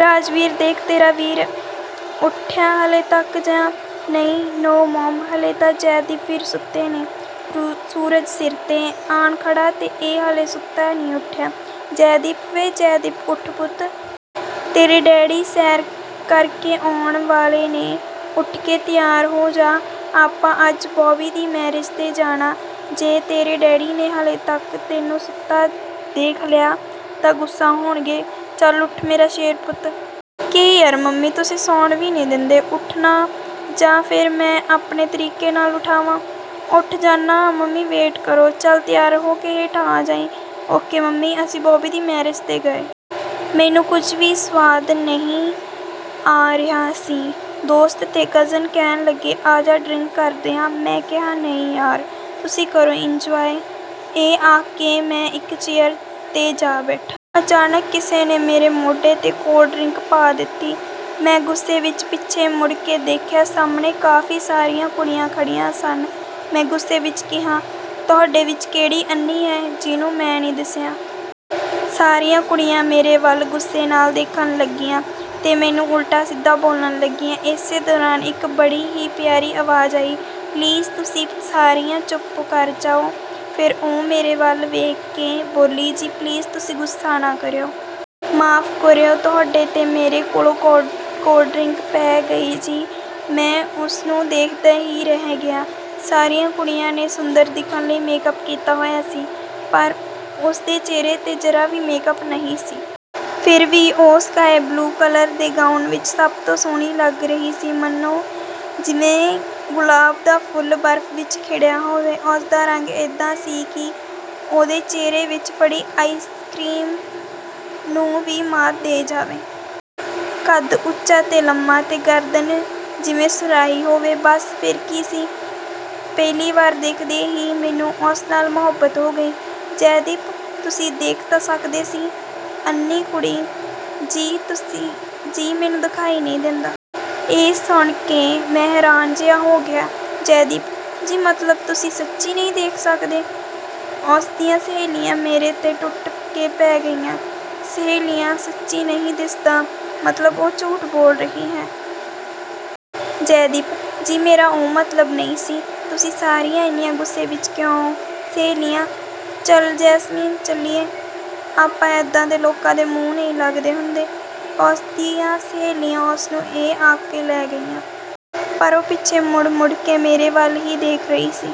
ਰਾਜਬੀਰ, ਦੇਖ ਤੇਰਾ ਵੀਰ ਉੱਠਿਆ ਹਾਲੇ ਤੱਕ ਜਾਂ ਨਹੀਂ? ਨੋ ਮੋਮ, ਹਾਲੇ ਤਾਂ ਜੈਦੀਪ ਵੀਰ ਸੁੱਤੇ ਨੇ। ਸੂਰਜ ਸਿਰ 'ਤੇ ਆਣ ਖੜਾ ਤੇ ਇਹ ਹਾਲੇ ਸੁੱਤਾ ਨਹੀਂ ਉੱਠਿਆ। ਜੈਦੀਪ! ਵੇ ਜੈਦੀਪ! ਉੱਠ ਪੁੱਤ। ਤੇਰੇ ਡੈਡੀ ਸੈਰ ਕਰਕੇ ਆਉਣ ਵਾਲੇ ਨੇ। ਉੱਠ ਕੇ ਤਿਆਰ ਹੋ ਜਾ। ਆਪਾਂ ਅੱਜ ਬੌਬੀ ਦੀ ਮੈਰਿਜ 'ਤੇ ਜਾਣਾ। ਜੇ ਤੇਰੇ ਡੈਡੀ ਨੇ ਤੈਨੂੰ ਹਾਲੇ ਤੱਕ ਸੁੱਤਾ ਦੇਖ ਲਿਆ ਤਾਂ ਗੁੱਸੇ ਹੋਣਗੇ। ਚੱਲ ਉੱਠ ਮੇਰਾ ਸ਼ੇਰ ਪੁੱਤ। ਕੀ ਯਾਰ ਮੰਮੀ, ਤੁਸੀਂ ਸੌਣ ਵੀ ਨਹੀਂ ਦਿੰਦੇ? ਉੱਠਣਾ ਜਾਂ ਫੇਰ ਮੈਂ ਆਪਣੇ ਤਰੀਕੇ ਨਾਲ ਉਠਾਵਾਂ? ਉੱਠ ਜਾਣਾ ਮੰਮੀ, ਵੇਟ ਕਰੋ। ਚੱਲ, ਤਿਆਰ ਹੋ ਕੇ ਹੇਠਾਂ ਆ ਜਾਈਂ। Okay mummy. ਅਸੀਂ ਬੌਬੀ ਦੀ ਮੈਰਿਜ 'ਤੇ ਗਏ। ਮੈਨੂੰ ਕੁਝ ਵੀ ਸੁਆਦ ਨਹੀਂ ਆ ਰਿਹਾ ਸੀ। ਦੋਸਤ ਤੇ ਕਜ਼ਨ ਕਹਿਣ ਲੱਗੇ, "ਆਜਾ ਡਰਿੰਕ ਕਰਦੇ ਆਂ।" ਮੈਂ ਕਿਹਾ, "ਨਹੀਂ ਯਾਰ, ਤੁਸੀਂ ਕਰੋ ਇੰਜੌਏ।" ਇਹ ਆਖ ਕੇ ਮੈਂ ਇੱਕ ਚੇਅਰ 'ਤੇ ਜਾ ਬੈਠਾ। ਅਚਾਨਕ ਕਿਸੇ ਨੇ ਮੇਰੇ ਮੋਢੇ 'ਤੇ ਕੋਲਡ ਡਰਿੰਕ ਪਾ ਦਿੱਤੀ। ਮੈਂ ਗੁੱਸੇ ਵਿੱਚ ਪਿੱਛੇ ਮੁੜ ਕੇ ਦੇਖਿਆ। ਸਾਹਮਣੇ ਕਾਫੀ ਸਾਰੀਆਂ ਕੁੜੀਆਂ ਖੜ੍ਹੀਆਂ ਸਨ। ਮੈਂ ਗੁੱਸੇ ਵਿੱਚ ਕਿਹਾ, "ਤੁਹਾਡੇ ਵਿੱਚੋਂ ਕਿਹੜੀ ਅੰਨ੍ਹੀ ਹੈ, ਜਿਹਨੂੰ ਮੈਂ ਦਿਸਿਆ ਨਹੀਂ?" ਸਾਰੀਆਂ ਕੁੜੀਆਂ ਮੇਰੇ ਵੱਲ ਗੁੱਸੇ ਨਾਲ ਦੇਖਣ ਲੱਗੀਆਂ ਤੇ ਮੈਨੂੰ ਉਲਟਾ-ਸਿੱਧਾ ਬੋਲਣ ਲੱਗੀਆਂ। ਇਸੇ ਦੌਰਾਨ ਇੱਕ ਬੜੀ ਹੀ ਪਿਆਰੀ ਆਵਾਜ਼ ਆਈ। "ਪਲੀਜ਼, ਤੁਸੀਂ ਸਾਰੀਆਂ ਚੁੱਪ ਕਰ ਜਾਓ।" ਫਿਰ ਉਹ ਮੇਰੇ ਵੱਲ ਵੇਖ ਕੇ ਬੋਲੀ, "ਜੀ, ਪਲੀਜ਼ ਤੁਸੀਂ ਗੁੱਸਾ ਨਾ ਕਰਿਓ। ਮਾਫ਼ ਕਰਿਓ। ਤੁਹਾਡੇ 'ਤੇ ਮੇਰੇ ਕੋਲੋਂ ਕੋਲਡ ਡਰਿੰਕ ਪੈ ਗਈ ਜੀ।" ਮੈਂ ਉਸਨੂੰ ਦੇਖਦਾ ਹੀ ਰਹਿ ਗਿਆ। ਸਾਰੀਆਂ ਕੁੜੀਆਂ ਨੇ ਸੁੰਦਰ ਦਿਖਣ ਲਈ ਮੇਕਅਪ ਕੀਤਾ ਹੋਇਆ ਸੀ। ਪਰ ਉਸਦੇ ਚਿਹਰੇ 'ਤੇ ਜਰਾ ਵੀ ਮੇਕਅਪ ਨਹੀਂ ਸੀ। ਫਿਰ ਵੀ ਉਹ ਸਕਾਈ ਬਲੂ ਕਲਰ ਦੇ ਗਾਊਨ ਵਿੱਚ ਸਭ ਤੋਂ ਸੋਹਣੀ ਲੱਗ ਰਹੀ ਸੀ। ਮਾਨੋ ਜਿਵੇਂ ਗੁਲਾਬ ਦਾ ਫੁੱਲ ਬਰਫ ਵਿੱਚ ਖਿੜਿਆ ਹੋਵੇ। ਉਸਦਾ ਰੰਗ ਏਦਾਂ ਸੀ ਕਿ ਉਹਦੇ ਹੱਥ ਵਿੱਚ ਫੜੀ ਆਈਸਕਰੀਮ ਨੂੰ ਵੀ ਮਾਤ ਦੇ ਜਾਵੇ। ਕੱਦ ਉੱਚਾ ਤੇ ਲੰਮਾ, ਤੇ ਗਰਦਨ ਜਿਵੇਂ ਸੁਰਾਹੀ ਹੋਵੇ। ਬਸ ਫਿਰ ਕੀ ਸੀ, ਪਹਿਲੀ ਵਾਰ ਦੇਖਦੇ ਹੀ ਮੈਨੂੰ ਉਸ ਨਾਲ ਮੁਹੱਬਤ ਹੋ ਗਈ। ਜੈਦੀਪ: ਤੁਸੀਂ ਦੇਖ ਤਾਂ ਸਕਦੇ ਸੀ। ਅੰਨ੍ਹੀ ਕੁੜੀ: ਜੀ, ਮੈਨੂੰ ਦਿਖਾਈ ਨਹੀਂ ਦਿੰਦਾ। ਇਹ ਸੁਣ ਕੇ ਮੈਂ ਹੈਰਾਨ ਜਿਹਾ ਹੋ ਗਿਆ। ਜੈਦੀਪ: ਜੀ, ਮਤਲਬ ਤੁਸੀਂ ਸੱਚੀ ਨਹੀਂ ਦੇਖ ਸਕਦੇ? ਉਸਦੀਆਂ ਸਹੇਲੀਆਂ ਮੇਰੇ 'ਤੇ ਟੁੱਟ ਕੇ ਪੈ ਗਈਆਂ। ਸਹੇਲੀਆਂ: ਸੱਚੀ ਨਹੀਂ ਦਿਸਦਾ। ਮਤਲਬ ਉਹ ਝੂਠ ਬੋਲ ਰਹੀ ਹੈ? ਜੈਦੀਪ: ਜੀ, ਮੇਰਾ ਉਹ ਮਤਲਬ ਨਹੀਂ ਸੀ। ਤੁਸੀਂ ਸਾਰੀਆਂ ਇੰਨੀਆਂ ਗੁੱਸੇ ਵਿੱਚ ਕਿਉਂ ਹੋ? ਸਹੇਲੀਆਂ: ਚੱਲ ਜੈਸਮੀਨ, ਚਲੀਏ। ਆਪਾਂ ਏਦਾਂ ਦੇ ਲੋਕਾਂ ਦੇ ਮੂੰਹ ਨਹੀਂ ਲੱਗਦੇ ਹੁੰਦੇ। ਉਸਦੀਆਂ ਸਹੇਲੀਆਂ ਉਸਨੂੰ ਇਹ ਆਖ ਕੇ ਲੈ ਗਈਆਂ। ਪਰ ਉਹ ਪਿੱਛੇ ਮੁੜ-ਮੁੜ ਕੇ ਮੇਰੇ ਵੱਲ ਦੇਖ ਰਹੀ ਸੀ।